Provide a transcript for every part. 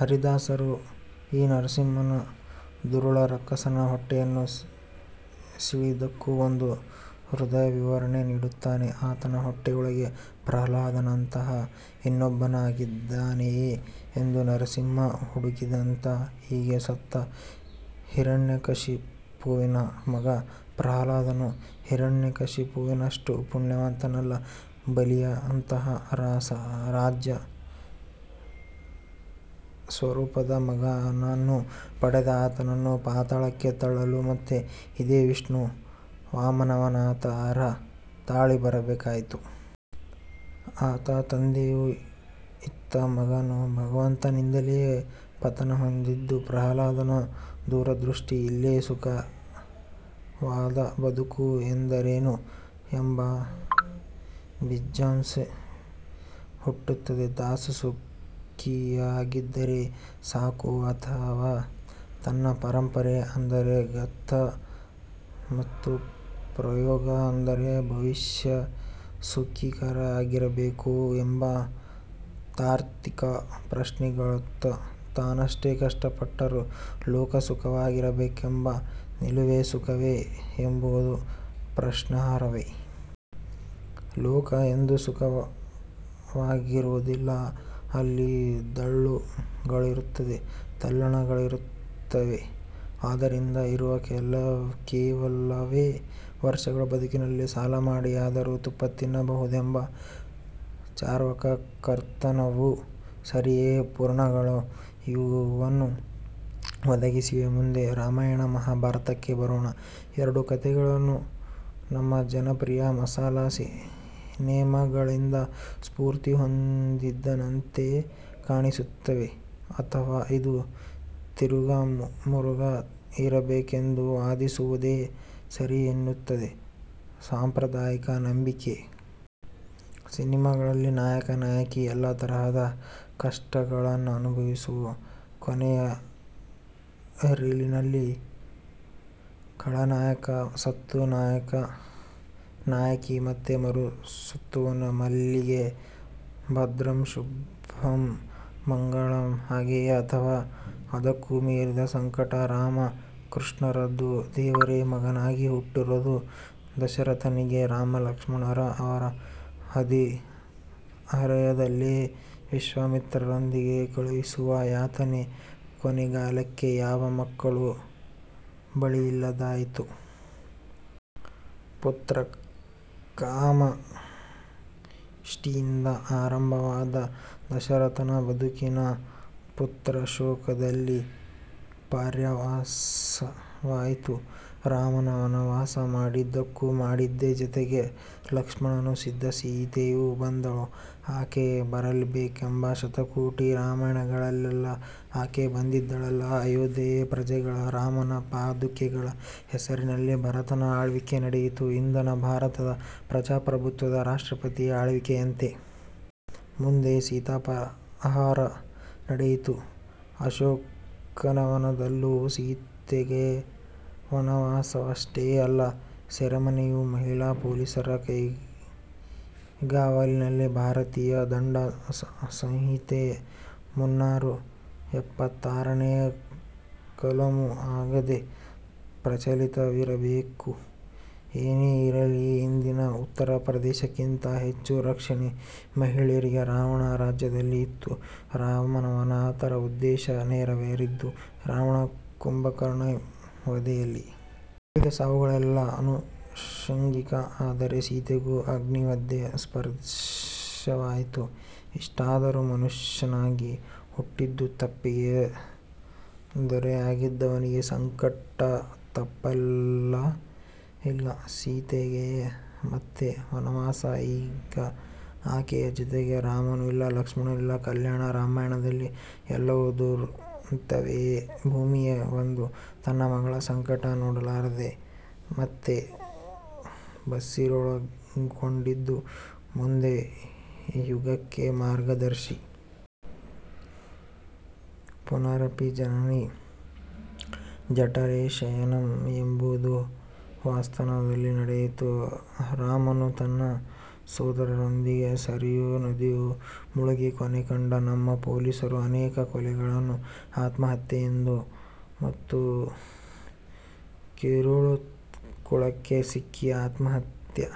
ಹರಿದಾಸರು ಈ ನರಸಿಂಹನು ದುರುಳ ರಕ್ಕಸನ ಹೊಟ್ಟೆಯನ್ನು ಸೀಳಿದ್ದಕ್ಕೂ ಒಂದು ಹೃದ್ಯ ವಿವರಣೆಯನ್ನು ನೀಡುತ್ತಾರೆ: ಆತನ ಹೊಟ್ಟೆಯೊಳಗೆ ಪ್ರಹ್ಲಾದನಂತಹ ಇನ್ನೊಬ್ಬನಿದ್ದಾನೆಯೇ ಎಂದು ನರಸಿಂಹ ಹುಡುಕಿದನಂತೆ. ಹೀಗೆ ಸತ್ತ ಹಿರಣ್ಯಕಶಿಪುವಿನ ಮಗ ಪ್ರಹ್ಲಾದನು ಹಿರಣ್ಯಕಶಿಪುವಿನಷ್ಟು ಪುಣ್ಯವಂತನಲ್ಲ. ಬಲಿಯಂತಹ ರಾಜಸ ಸ್ವರೂಪದ ಮಗನನ್ನು ಪಡೆದ. ಆತನನ್ನು ಪಾತಾಳಕ್ಕೆ ತಳ್ಳಲು ಮತ್ತೆ ಇದೇ ವಿಷ್ಣು ವಾಮನಾವತಾರ ತಾಳಿ ಬರಬೇಕಾಯಿತು. ಅತ್ತ ತಂದೆಯೂ ಇತ್ತ ಮಗನೂ ಭಗವಂತನಿಂದಲೇ ಪತನಹೊಂದಿದ್ದು ಪ್ರಹ್ಲಾದನ ದುರದೃಷ್ಟ. ಇಲ್ಲೇ ಸುಖವಾದ ಬದುಕು ಎಂದರೇನು ಎಂಬ ಜಿಜ್ಞಾಸೆ ಹುಟ್ಟುತ್ತದೆ. ತಾನು ಸುಖಿಯಾಗಿದ್ದರೆ ಸಾಕೋ, ಅಥವಾ ತನ್ನ ಪರಂಪರೆ ಅಂದರೆ ಗತ, ಮತ್ತು ಪ್ರಯೋಗ ಅಂದರೆ ಭವಿಷ್ಯವೂ ಸುಖಿಯಾಗಿರಬೇಕೋ ಎಂಬ ತಾರ್ಕಿಕ ಪ್ರಶ್ನೆಗಳನ್ನೆತ್ತುತ್ತದೆ. ತಾನೆಷ್ಟೇ ಕಷ್ಟಪಟ್ಟರೂ ಲೋಕ ಸುಖವಾಗಿರಬೇಕೆಂಬ ನಿಲುವೇ ಸುಖವೇ ಎಂಬುದೂ ಪ್ರಶ್ನಾರ್ಹವೇ. ಲೋಕ ಎಂದೂ ಸುಖವಾಗಿರುವುದಿಲ್ಲ. ಅಲ್ಲಿ ದಳ್ಳುರಿಗಳಿರುತ್ತವೆ; ತಲ್ಲಣಗಳಿರುತ್ತವೆ. ಆದ್ದರಿಂದ ಇರುವ ಕೆಲವೇ ವರ್ಷಗಳ ಬದುಕಿನಲ್ಲಿ ಸಾಲಮಾಡಿಯಾದರೂ ತುಪ್ಪತಿನ್ನಬಹುದೆಂಬ ಚಾರ್ವಾಕ ತರ್ಕವೂ ಸರಿಯೇ. ಪುರಾಣಗಳು ಇವನ್ನೂ ಒದಗಿಸಿವೆ. ಮುಂದೆ ರಾಮಾಯಣ-ಮಹಾಭಾರತಕ್ಕೆ ಬರೋಣ. ಎರಡೂ ಕತೆಗಳು ನಮ್ಮ ಜನಪ್ರಿಯ ಮಸಾಲಾ ಸಿನೆಮಾಗಳಿಂದ ಸ್ಫೂರ್ತಿ ಹೊಂದಿದಂತೆ ಕಾಣಿಸುತ್ತವೆ ಅಥವಾ ಇದು ತಿರುಗಾಮುರುಗಾ ಇರಬೇಕೆಂದು ವಾದಿಸುವುದೇ ಸರಿಯೆನ್ನುತ್ತದೆ ಸಾಂಪ್ರದಾಯಿಕ ನಂಬಿಕೆ. ಸಿನೆಮಾಗಳಲ್ಲಿ ನಾಯಕ-ನಾಯಕಿ ಎಲ್ಲ ತರದ ಕಷ್ಟಗಳನ್ನನುಭವಿಸಿ ಕೊನೆಯ ರೀಲಿನಲ್ಲಿ ಖಳನಾಯಕ ಸತ್ತು ನಾಯಕ-ನಾಯಕಿ ಮತ್ತೆ ಮರಸುತ್ತುವಲ್ಲಿಗೆ ಭದ್ರಂ-ಶುಭಂ-ಮಂಗಳಂ! ಹಾಗೆಯೇ ಅಥವಾ ಅದಕ್ಕೂ ಮೀರಿದ ಸಂಕಟ ರಾಮ-ಕೃಷ್ಣರದ್ದು. ದೇವರೇ ಮಗನಾಗಿ ಹುಟ್ಟಿದರೂ ದಶರಥನಿಗೆ ರಾಮಲಕ್ಷ್ಮಣರನ್ನು ಅವರ ಹದಿಹರೆಯದಲ್ಲೇ ವಿಶ್ವಾಮಿತ್ರರೊಂದಿಗೆ ಕಳುಹಿಸುವ ಯಾತನೆ. ಕೊನೆಗಾಲಕ್ಕೆ ಯಾವ ಮಕ್ಕಳೂ ಬಳಿಯಿಲ್ಲದಾಯಿತು. ಪುತ್ರಕಾಮೇಷ್ಟಿಯಿಂದ ಆರಂಭವಾದ ದಶರಥನ ಬದುಕು ಪುತ್ರಶೋಕದಲ್ಲಿ ಪರ್ಯಾವಸಾನವಾಯಿತು. ರಾಮ ವನವಾಸ ಮಾಡಿದ್ದೂ ಮಾಡಿದ್ದೇ. ಜೊತೆಗೆ ಲಕ್ಷ್ಮಣನೂ ಇದ್ದ; ಸೀತೆಯೂ ಬಂದಳು. ಆಕೆ ಬರಲೇಬೇಕು; ಶತಕೋಟಿ ರಾಮಾಯಣಗಳಲ್ಲೆಲ್ಲ ಆಕೆ ಬಂದಿದ್ದಳಲ್ಲ! ಅಯೋಧ್ಯೆಯ ಪ್ರಜೆಗಳಿಗೆ ರಾಮನ ಪಾದುಕೆಗಳ ಹೆಸರಿನಲ್ಲಿ ಭರತನ ಆಳ್ವಿಕೆ ನಡೆಯಿತು-ಇಂದಿನ ಭಾರತದ ಪ್ರಜಾಪ್ರಭುತ್ವದ ರಾಷ್ಟ್ರಪತಿ ಅಳ್ವಿಕೆಯಂತೆ. ಮುಂದೆ ಸೀತಾಪಹಾರ ನಡೆಯಿತು. ಅಶೋಕವನದಲ್ಲೂ ಸೀತೆಗೆ ವನವಾಸವಷ್ಟೇ ಅಲ್ಲ; ಸೆರೆಮನೆಯೂ-ಮಹಿಳಾ ಪೊಲೀಸರ ಕೈಗಾವಲಿನಲ್ಲಿ. ಭಾರತೀಯ ದಂಡ ಸಂಹಿತೆಯ ಮುನ್ನೂರ ಎಪ್ಪತ್ತಾರನೇ ಕಲಮು ಆಗಲೇ ಪ್ರಚಲಿತವಿದ್ದಿರಬೇಕು. ಏನೇ ಇರಲಿ, ಇಂದಿನ ಉತ್ತರಪ್ರದೇಶಕ್ಕಿಂತ ಹೆಚ್ಚು ರಕ್ಷಣೆ ಮಹಿಳೆಯರಿಗೆ ರಾವಣ ರಾಜ್ಯದಲ್ಲೂ ಇತ್ತು! ರಾಮಾವತಾರದ ಉದ್ದೇಶ ನೆರವೇರಿದ್ದು ರಾವಣ-ಕುಂಭಕರ್ಣ ವಧೆಯಲ್ಲಿ. ಉಳಿದ ಸಾವುಗಳೆಲ್ಲ ಅನುಷಂಗಿಕ. ಆದರೆ ಸೀತೆಗೂ ಅಗ್ನಿದಿವ್ಯದ ಸ್ಪರ್ಶವಾಯಿತು. ಇಷ್ಟಾದರೂ ಮನುಷ್ಯನಾಗಿ ಹುಟ್ಟಿದ ತಪ್ಪಿಗೆ ದೊರೆಯಾಗಿದ್ದವನಿಗೂ ಸಂಕಟ ತಪ್ಪಲೇ ಇಲ್ಲ. ಸೀತೆಗೆ ಮತ್ತೆ ವನವಾಸ. ಈಗ ಆಕೆಯ ಜೊತೆ ರಾಮನೂ ಇಲ್ಲ; ಲಕ್ಷ್ಮಣನೂ ಇಲ್ಲ. ಕಲ್ಯಾಣ ರಾಮಾಯಣದಲ್ಲಿ ಎಲ್ಲವೂ ದುರಂತವೇ. ಭೂಮಿಯೇ ಬಂದು ತನ್ನ ಮಗಳ ಸಂಕಟ ನೋಡಲಾಗದೆ ಮತ್ತೆ ಬಸಿರೊಳಗೆಳೆದುಕೊಂಡದ್ದು ಮುಂದಿನ ಯುಗಕ್ಕೆ ಮಾರ್ಗದರ್ಶಿ. 'ಪುನರಪಿ ಜನನೀ ಜಠರೇ ಶಯನಂ' ಎಂಬುದು ವಾಸ್ತವದಲ್ಲಿ ನಡೆಯಿತು. ರಾಮನೂ ತನ್ನ ಸೊದರರೊಂದಿಗೆ ಸರಯೂ ನದಿಯಲ್ಲಿ ಮುಳುಗಿ ಕೊನೆ ಕಂಡ. ನಮ್ಮ ಪೊಲೀಸರು ಅನೇಕ ಕೊಲೆಗಳನ್ನು ಆತ್ಮಹತ್ಯೆಯೆಂದು ಮತ್ತು ಕಿರುಕುಳಕ್ಕೆ ಸಿಕ್ಕಿ ಆತ್ಮಹತ್ಯೆ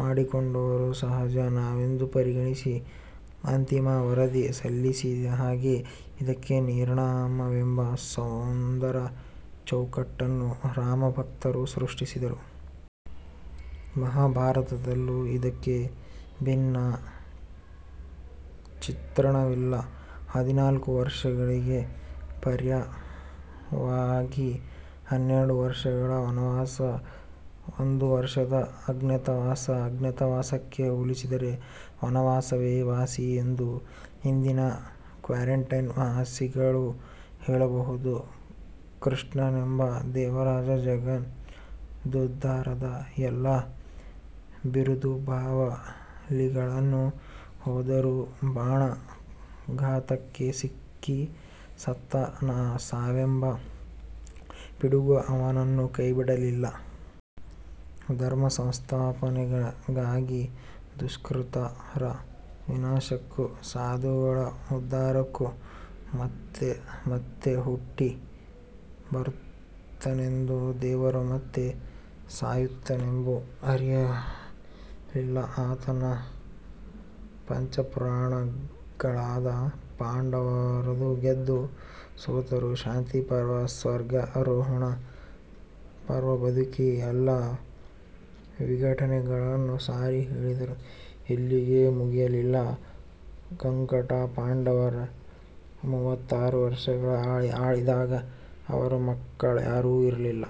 ಮಾಡಿಕೊಂಡವರನ್ನು ಸಹಜ ಸಾವೆಂದು ಪರಿಗಣಿಸಿ ಅಂತಿಮ ವರದಿ ಸಲ್ಲಿಸಿದ ಹಾಗೆ ಇದಕ್ಕೆ 'ನಿರ್ಯಾಣ'ವೆಂಬ ಸುಂದರ ಚೌಕಟ್ಟನ್ನು ರಾಮಭಕ್ತರು ಸೃಷ್ಟಿಸಿದರು. ಮಹಾಭಾರತದಲ್ಲೂ ಇದಕ್ಕೆ ಭಿನ್ನ ಚಿತ್ರಣವಿಲ್ಲ. ಹದಿನಾಲ್ಕು ವರ್ಷಗಳಿಗೆ ಪರ್ಯಾಯವಾಗಿ ಹನ್ನೆರಡು ವರ್ಷದ ವನವಾಸ, ಒಂದು ವರ್ಷದ ಅಜ್ಞಾತವಾಸ. ಅಜ್ಞಾತವಾಸಕ್ಕೆ ಹೋಲಿಸಿದರೆ ವನವಾಸವೇ ವಾಸಿಯೆಂದು ಇಂದಿನ ಕ್ವಾರಂಟೈನ್ ವಾಸಿಗಳು ಹೇಳಬಹುದು. ಕೃಷ್ಣನೆಂಬ ದೇವರು ಜಗದೋದ್ಧಾರದ ಎಲ್ಲ ಬಿರುದುಬಾವಲಿಗಳನ್ನು ಹೊದ್ದರೂ ಬಾಣಾಘಾತಕ್ಕೆ ಸಿಕ್ಕಿ ಸತ್ತ. ಸಾವೆಂಬ ಪಿಡುಗು ಅವನನ್ನೂ ಕೈಬಿಡಲಿಲ್ಲ. ಧರ್ಮಸಂಸ್ಥಾಪನೆಗಾಗಿ, ದುಷ್ಕೃತರ ವಿನಾಶಕ್ಕೂ ಸಾಧುಗಳ ಉದ್ಧಾರಕ್ಕೂ ಮತ್ತೆಮತ್ತೆ ಹುಟ್ಟಿ ಬರುತ್ತೇನೆಂದ ದೇವರು ಮತ್ತೆಮತ್ತೆ ಸಾಯುತ್ತೇನೆಂಬುದನ್ನು ಅರಿಯಲಿಲ್ಲ. ಆತನ ಪಂಚಪ್ರಾಣಗಳಾದ ಪಾಂಡವರೂ ಗೆದ್ದು ಸೋತರು. ಶಾಂತಿಪರ್ವ, ಸ್ವರ್ಗಾರೊಹಣ ಪರ್ವಗಳು ಬದುಕಿನ ಎಲ್ಲ ವಿಘಟನೆಗಳನ್ನು ಸಾರಿ ಹೇಳಿದವು. ಇಲ್ಲಿಗೇ ಮುಗಿಯಲಿಲ್ಲ ಕಂಟಕ: ಪಾಂಡವರು ಮೂವತ್ತಾರು ವರ್ಷ ಆಳಿ ಅಳಿದಾಗ ಅವರ ಮಕ್ಕಳ್ಯಾರೂ ಇರಲಿಲ್ಲ.